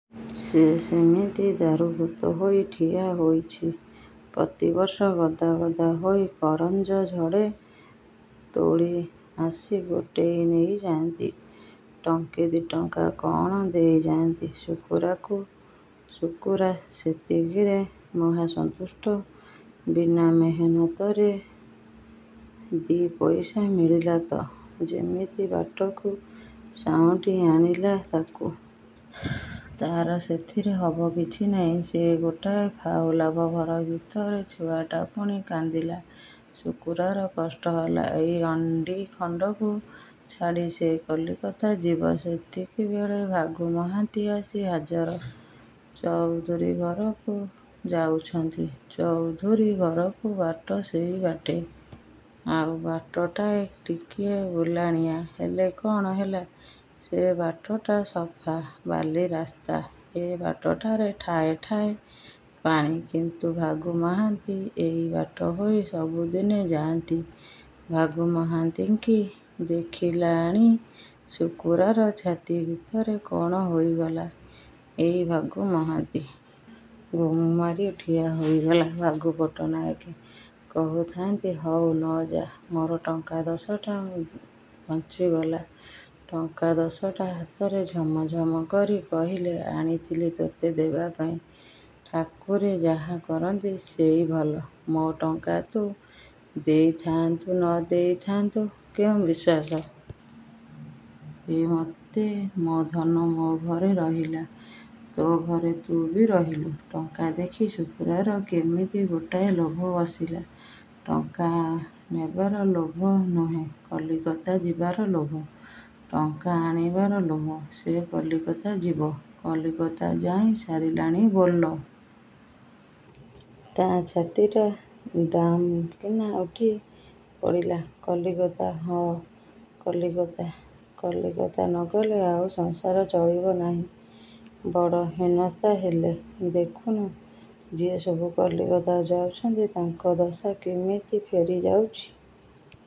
ସେ ସେମିତି ଦାରୁଭୂତ ହେଇ ଠିଆ ହେଇଛି। ପ୍ରତିବର୍ଷ ଗଦା ଗଦା ହେଇ କରଞ୍ଜ ଝଡ଼େ। ତେଲୀ ଆସି ଗୋଟେଇ ନେଇଯାନ୍ତି। ଟଙ୍କେ, ଦିଟଙ୍କା କଣ ଦେଇଯାଆନ୍ତି ଶୁକୁରାକୁ। ଶୁକୁରା ସେତିକିରେ ମହା ସନ୍ତୁଷ୍ଟ। ବିନା ମେହେନତରେ ଦି ପଇସା ମିଳିଲା ତ ଯେମିତି ବାଟକୁ ସାଉଁଟି ଆଣିଲା ତାକୁ। ତାର ସେଥିରେ ହବ କିଛି ନାହିଁ। ସେ ଗୋଟାଏ ଫାଉ, ଲାଭ। ଘର ଭିତରେ ଛୁଆଟା ପୁଣି କାନ୍ଦିଲା। ଶୁକୁରାର କଷ୍ଟ ହେଲା। ଏଇ ଅଣ୍ଡିଖଣ୍ଡକୁ ଛାଡ଼ି ସେ କଲିକତା ଯିବ ସେତିକିବେଳେ ଭାଗୁ ମହାନ୍ତି ଆସି ହାଜର। ଚଉଧୁରୀ ଘରକୁ ଯାଉଛନ୍ତି। ଚୌଧୁରୀ ଘରକୁ ବାଟ ସେଇ ବାଟେ। ଆର ବାଟଟା ଟିକିଏ ବୁଲାଣିଆ। ହେଲେ କ'ଣ ହେଲା? ସେ ବାଟଟା ସଫା, ବାଲିରାସ୍ତା। ଏ ବାଟଟାରେ ଠାଏ ଠାଏ ପାଣି। କିନ୍ତୁ ଭାଗୁ ମହାନ୍ତି ଏଇ ବାଟ ହେଇ ସବୁଦିନେ ଯାଆନ୍ତି। ଭାଗୁ ମହାନ୍ତିଙ୍କି ଦେଖିଲାକ୍ଷଣି ଶୁକୁରାର ଛାତି ଭିତରେ କଣ ହେଇଗଲା। ଏଇ ଭାଗୁ ମହାନ୍ତି। ଗୁମ୍ ମାରି ଠିଆ ହୋଇଗଲା। ଭାଗୁ ପଟ୍ଟନାହାକେ କହୁଥାନ୍ତି ହଉ, ନ ଯା। ମୋର ଟଙ୍କା ଦଶଟା ବଞ୍ଚିଗଲା। ଟଙ୍କା ଦଶଟା ହାତରେ ଝମଝମ୍ କରି କହିଲେ ଆଣିଥିଲି ତୋତେ ଦେବାପାଇଁ। ଠାକୁରେ ଯାହା କରନ୍ତି ସେଇ ଭଲ। ମୋ ଟଙ୍କା ତୁ ଦେଇଥାଆନ୍ତୁ, ନ ଦେଇଥାନ୍ତୁ କେଉଁ ବିଶ୍ୱାସ? ଏମତେ ମୋ ଧନ ମୋ ଘରେ ରହିଲା। ତୋ ଘରେ ତୁ ବି ରହିଲୁ। ଟଙ୍କା ଦେଖି ଶୁକୁରାର କେମିତି ଗୋଟାଏ ଲୋଭ ବସିଲା। ଟଙ୍କା ନେବାର ଲୋଭ ନୁହେଁ, କଲିକତା ଯିବାର ଲୋଭ। ଟଙ୍କା ଆଣିବାର ଲୋଭ। ସେ କଲିକତା ଯିବ। କଲିକତା ଯାଇ ସାରିଲାଣି ବୋଲ। ତା ଛାତିଟା ଦାଉଁ କିନା ଉଠି ପଡ଼ିଲା। କଲିକତା ହଁ, କଲିକତା। କଲିକତା ନ ଗଲେ ଆଉ ସଂସାର ଚଳିବ ନାହିଁ। ବଡ଼ ହୀନସ୍ତା ହେଲେ। ଦେଖୁନୁ, ଯିଏ ସବୁ କଲିକତା ଯାଉଚନ୍ତି, ତାଙ୍କ ଦଶା କିମିତି ଫେରି ଯାଉଚି।